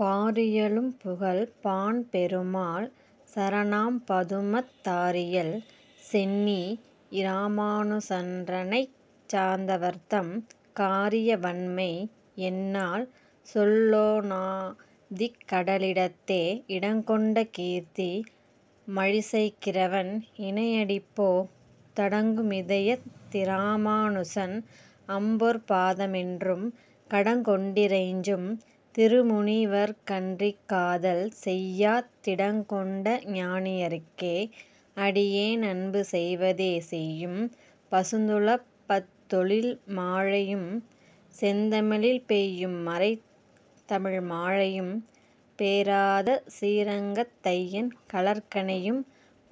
பாரியலும்புகழ்ப் பாண்பெருமாள் சரணாம்பதுமத் தாரியல் சென்னி யிராமாநுசன்றன்னைச் சார்ந்தவர்தம் காரியவண்மை என்னால் சொல்லொணாதிக்கடலிடத்தே.. இடங்கொண்ட கீர்த்தி மழிசைக்கிறைவன் இணையடிப்போ தடங்குமிதயத் திராமாநுசன் அம்பொற்பாதமென்றும் கடங்கொண்டிறைஞ்சும் திருமுனிவர்க்கன்றிக்காதல் செய்யாத் திடங்கொண்டஞானியர்க்கே அடியேனன்பு செய்வதுவே.. செய்யும் பசுந்துளபத்தொழில்மாலையும் செந்தமிழில் பெய்யும் மறைத்தமிழ் மாலையும் பேராதசீரங்கத் தையன் கழற்கணியும்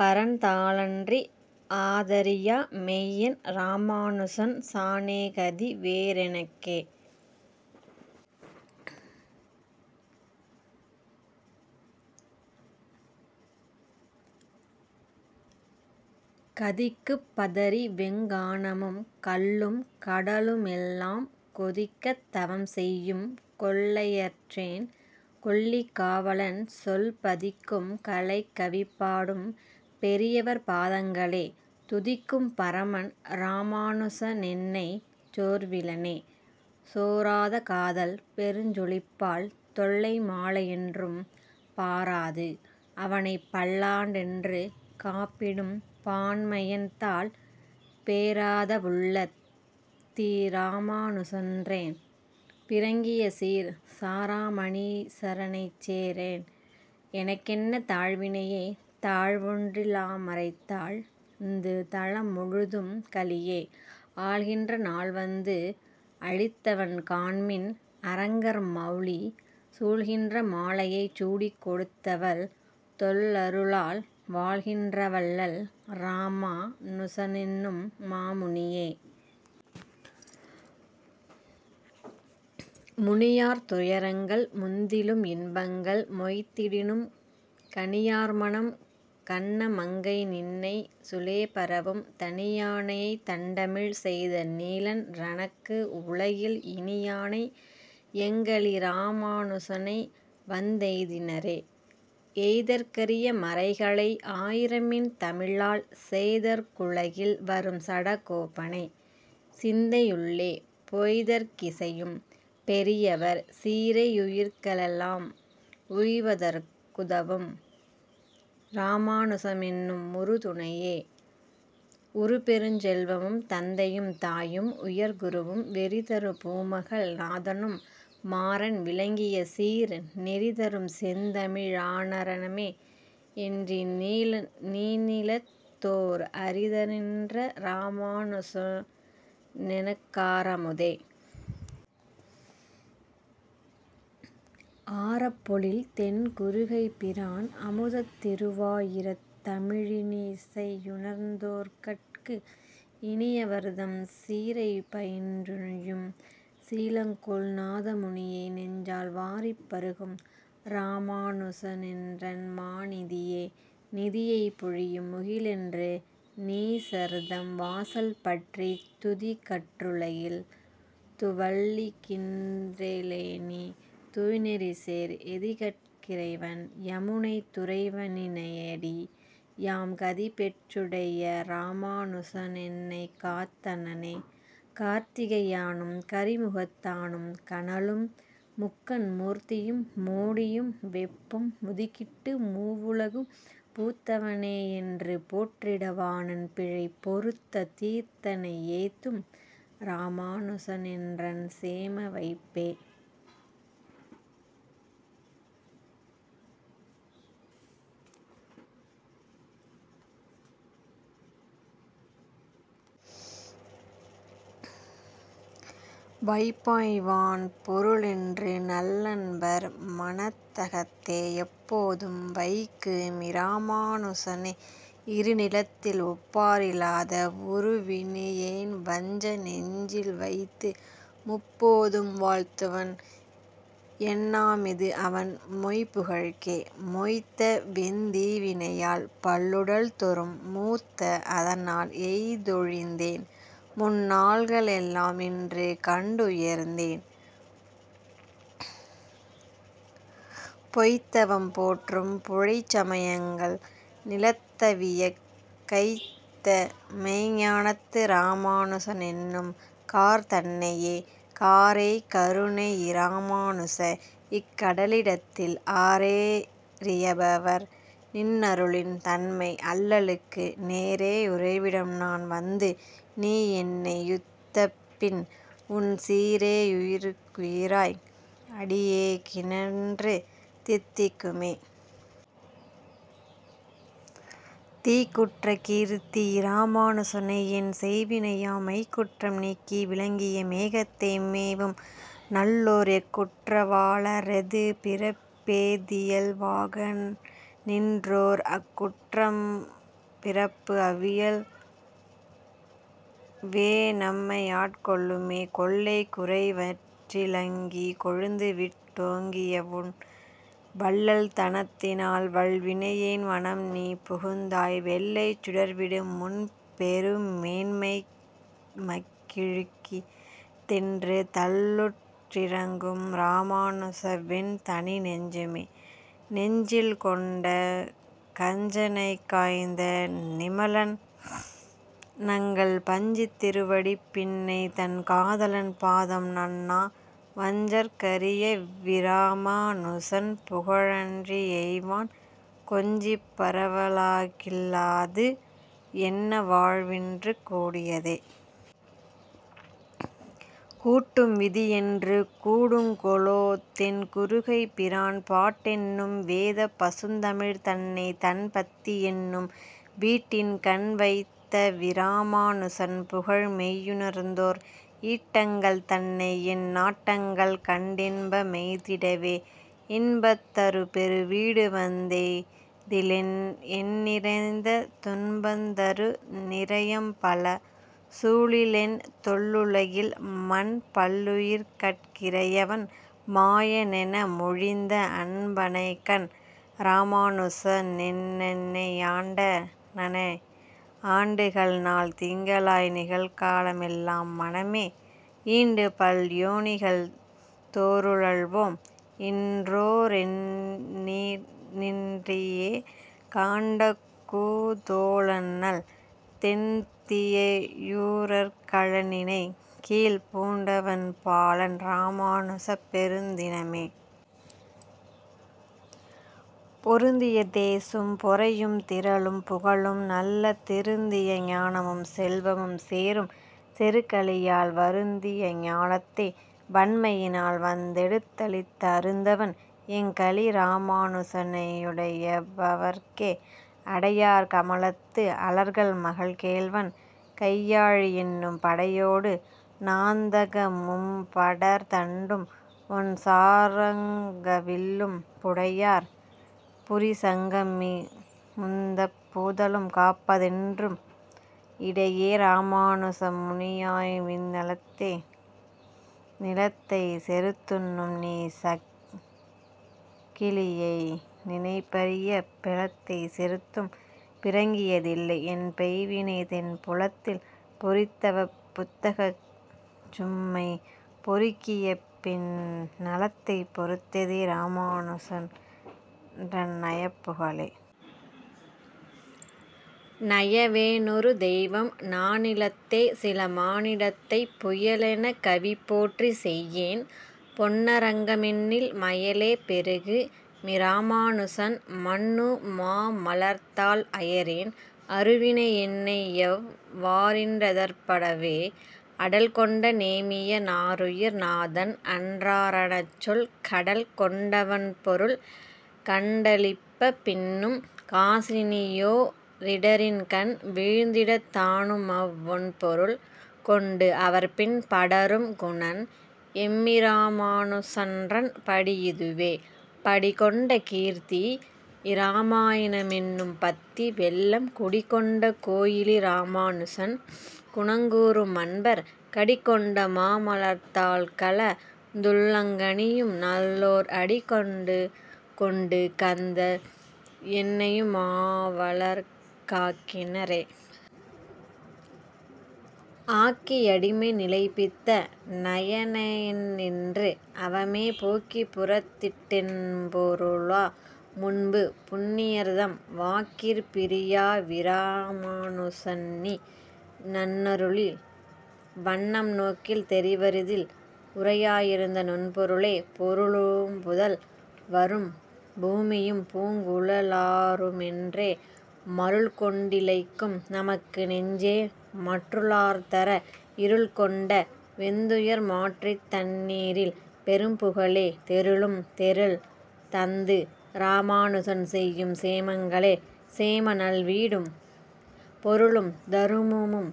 பரன் தாளன்றி ஆதரியா மெய்யன் இராமாநுசன்சாணேகதி வேறெனக்கே.. கதிக்குப்பதறி வெங்கானமும் கல்லும் கடலுமெல்லாம் கொதிக்கத் தவம் செய்யும் கொள்கையற்றேன் கொல்லிகாவலன் சொல் பதிக்கும் கலைக்கவிபாடும் பெரியவர்பாதங்களே துதிக்கும் பரமன் இராமாநுசனென்னைச் சோர்விலனே.. சோராதகாதல் பெருஞ்சுழிப்பால் தொல்லைமாலையொன்றும் பாராது அவனைப்பல்லாண்டென்று காப்பிடும் பான்மையன் தாள் பேராதவுள்ளத் திராமாநுசன்றன் பிறங்கியசீர் சாராமனிசரைச்சேரேன் எனக்கென்ன தாழ்வினியே.. தாழ்வொன்றில்லாமறைதாழ்ந்து தலமுழுதும்கலியே ஆள்கின்ற நாள் வந்து அளித்தவன் காண்மின் அரங்கர்மௌலி சூழ்கின்றமாலையைச் சூடிக்கொடுத்தவள் தொல்லருளால் வாழ்கின்றவள்ளல் இராமா னுசனென்னும் மாமுனியே.. முனியார் துயரங்கள் முந்திலும் இன்பங்கள் மொய்த்திடினும் கனியார்மனம் கண்ணமங்கைநின்னை சுலேபரவும் தனியானையைத்தண்டமிழ் செய்த நீலன் றனக்கு உலகில் இனியானை எங்களிராமாநுசனை வந்தெய்தினரே.. எய்தற்கரிய மறைகளை ஆயிரமின் தமிழால் செய்தற்குலகில் வரும் சடகோபனை சிந்தையுள்ளே பெய்தற்கிசையும் பெரியவர்சீரையுயிர்களெல்லாம் உய்தற்குதவும் இராமாநுசனெம்முறு துணையே.. உறுபெருஞ்செல்வமும் தந்தையும் தாயும் உயர்குருவும் வெறிதருபூமகள் நாதனும் மாறன் விளங்கியசீர் நெறிதரும் செந்தமி ழாரணமேயென்றிந்நீணிலத்தோர் அறிதரநின்ற இராமாநுசனெனக்காரமுதே.. ஆரப்பொழில் தென்குருகைப்பிரான் அமுதத்திருவா யீரத்தமிழி னிசையுணர்ந்தோர்கட்கு இனியவர்தம் சீரைப்பயின்றுய்யும் சீலங்கொள் நாதமுனியை நெஞ்சால் வாரிப்பருகும் இராமாநுசனென்றன் மாநிதியே.. நிதியைப் பொழியும் முகிலென்று நீசர்தம் வாசல்பற்றித் துதிகற்றுலகில் துவள்கின்றிலேனின தூய்நெறிசேர் எதிகட்கிறைவன் யமுனைத்துறைவனிணையடியாம் கதிபெற்றுடைய இராமா னுசனென்னைக்காத்தனனே.. கார்த்திகையானும் கரிமுகத்தானும் கனலும் முக்கண் மூர்த்தியும் மோடியும் வெப்பும் முதுகிட்டு மூவுலகும் பூத்தவனேயென்று போற்றிட வாணன் பிழை பொறுத்த தீர்த்தனை யேத்தும் இராமாநுசனென்றன் சேமவைப்பே.. வைப்பாய்வான் பொருளென்று நல்லன்பர் மனத்தகத்தே எப்போதும் வைக்கு மிராமாநுசனை இருநிலத்தில் ஒப்பாரிலாத வுறுவினையேன்வஞ்சநெஞ்சில்வைத்து முப்போதும் வாழ்த்துவன் என்னாமிது அவன் மொய்புகழ்க்கே.. மொய்த்த வெந்தீவினையால் பல்லுடல்தொறும் மூத்து அதனால் எய்த்தொழிந்தேன் முன்நாள்களெல்லாம் இன்று கண்டுயர்ந்தேன் பொய்த்தவம் போற்றும் புலைச்சமயங்கள் நிலத்தவியக் கைத்தமெய்ஞ்ஞானத்து இராமாநுசனென்னும் கார்தன்னையே.. காரேய் கருணையிராமாநுச இக்கடலிடத்தில் ஆரேயறிபவர் நின்னருளின் தன்மை அல்லலுக்கு நேரேயுறைவிடம் நான் வந்து நீயென்னையுய்த்த பின் உன் சீரேயுயிர்க்குயிராய் அடியேற்கின்று தித்திக்குமே.. திக்குற்றகீர்த்தி யிராமாநுசனை என் செய்வினையாம் மெய்க்குற்றம் நீக்கி விளங்கிய மேகத்தை மேவும் நல்லோர் எக்குற்றவாள ரெது பிறப்பேதியல்வாகநின்றோர் அக்குற்றமப்பிறப்பு அவ்வியல் வேநம்மையாட்கொள்ளுமே.. கொள்ளக்குறைவற்றிலங்கிகொழுந்துவிட் டோங்கியவுன் வள்ளல் தனத்தினால் வல்வினையேன் மனம் நீ புகுந்தாய் வெள்ளைச்சுடர்விடு முன்பெருமேன்மைக்கிழுக்கிதென்று தள்ளுற்றிரங்கும் இராமாநுசவென் தனிநெஞ்சமே.. நெஞ்சில்கறை கொண்ட கஞ்சனைக்காய்ந்த நிமலன் நங்கள் பஞ்சித்திருவடிப் பின்னை தன் காதலன் பாதம் நண்ணா வஞ்சர்க்கரியவிராமா னுசன் புகழன்றியென்வாய் கொஞ்சிப்பரவகில்லாது என்ன வாழ்வின்று கூடியதே.. கூட்டும் விதியென்று கூடுங்கொலோ தென்குருகைப்பிரான் பாட்டென்னும் வேதப்பசுந்தமிழ் தன்னை தன்பத்தியென்னும் வீட்டின் கண்வைத்தவிராமா னுசன் புகழ்மெய்யுணர்ந்தோர் ஈட்டங்கள் தன்னை என் நாட்டங்கள் கண்டின்பமெய்திடவே.. இன்பந்தருபெருவீடுவந்தெய்திலென் எண்ணிறந்த துன்பந்தரு நிரயம்பல சூழிலென் தொல்லுலகில் மன்பல்லுயிர்கட்கிறையவன்மாயனெனமொழிந்த அன்பனனகன் இராமாநுசனென்னையாண்டனனே.. ஆண்டுகள் நாள் திங்களாய் நிகழ்காலமெல்லாம் மனமே ஈண்டு பல்யோனிகள் தோறுழல்வோம் இன்றோரெண்ணின்றியே காண்டகுதோளண்ணல் தென்னத்தியூரர்கழலிணைக்கீழ்ப் பூண்டவன்பாளன் இராமாநுசனைப் பொருந்தினமே.. பொருந்திய தேசும் பொறையும் திறலும் புகழும் நல்ல திருந்தியஞானமும் செல்வமும் சேரும் செறுகலியால் வருந்தியஞாலத்தை வண்மையினால் வந்தெடுத்தளித்த அருந்தவன் எங்களிராமாநுசனையடைபவர்க்கே.. அடையார் கமலத்து அலர்மகள் கேள்வன் கையாழியென்னும் படையோடு நாந்தகமும்படர்தண்டும் ஒண்சார்ங்கவில்லும் புடையார் புரிசங்கமுமிந்தப்பூதலம் காப்பதற்கென்று இடையே இராமாநுசமுனியாயினவிந்நிலத்தே.. நிலத்தைச் செறுத்துண்ணும் நீ சக்கலியை நினைப்பரிய பெலத்தைச் செறுத்தும் பிறங்கியதில்லை என்பெய்வினை தென் புலத்தில் பொறித்தவப் புத்தகச்சும்மைபொறுக்கியபின் நலத்தைப் பொறுத்தது இராமாநுசன்றன் நயப்புகழே.. நயவேனொரு தெய்வம் நானிலத்தே சிலமானிடத்தைப் புயலேயெனக் கவிபோற்றி செய்யேன் பொன்னரங்கமென்னில் மயலே பெருகு மிராமாநுசன்மன்னுமாமலர்த்தாள் அயரேன் அருவினையென்னையெவ்வாறின்றடர்ப்பதுவே.. அடல் கொண்டநேமிய னாருயிர் நாதன் அன்றாரணச்சொல் கடல் கொண்டவொண்பொருள் கண்டளிப்ப பின்னும் காசினியோ ரிடரின்கண் வீழ்ந்திடத் தானுமவ்வொண்பொருள் கொண்டு அவர்பின் படரும்குணன் எம்மிராமாநுசன்றன் படியிதுவே.. படி கொண்ட கீர்த்தி யிராமாயணமென்னும்பத்திவெள்ளம் குடிகொண்ட கோயிலிராமாநுசன் குணங்கூறும் அன்பர் கடிகொண்டமாமலர்த்தாள்கலந்துள்ளங்கனியும் நல்லோர் அடிகண்டுகொண்டு கந்து என்னையுமாளவர்க்காக்கினரே.. ஆக்கியடிமைநிலைப்பித்தனையென்னையின்று அவமே போக்கிப்புறத்திட்டதென்பொருளாமுன்பு புண்ணியர்தம் வாக்கிற்பிரியாவிராமாநுசநின் னருளின் வண்ணம் நோக்கில் தெரிவரிதால் உரையாயிந்த நுண்பொருளே.. பொருளும்புதல் வரும் பூமியும் பூங்குழலாருமென்றே மருள் கொண்டிளைக்கும் நமக்கு நெஞ்சே மற்றுளார்தர இருள்கொண்ட வெந்துயர்மாற்றித்தன்னீறில் பெரும்புகழே தெருளும் தெருள் தந்து இராமாநுசன் செய்யும் சேமங்களே.. சேமநல்வீடும் பொருளும் தருமமும்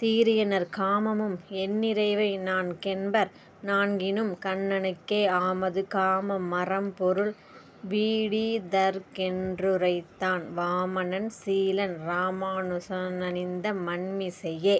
சீரிய நற் காமமும் என்றிவை நான் கென்பர் நான்கினும் கண்ணனுக்கே ஆமது காம மறம்பொருள் வீடிதற்கென்றுரைத்தான் வாமனன் சீலன் இராமாநுசனிந்தமண்மிசையே.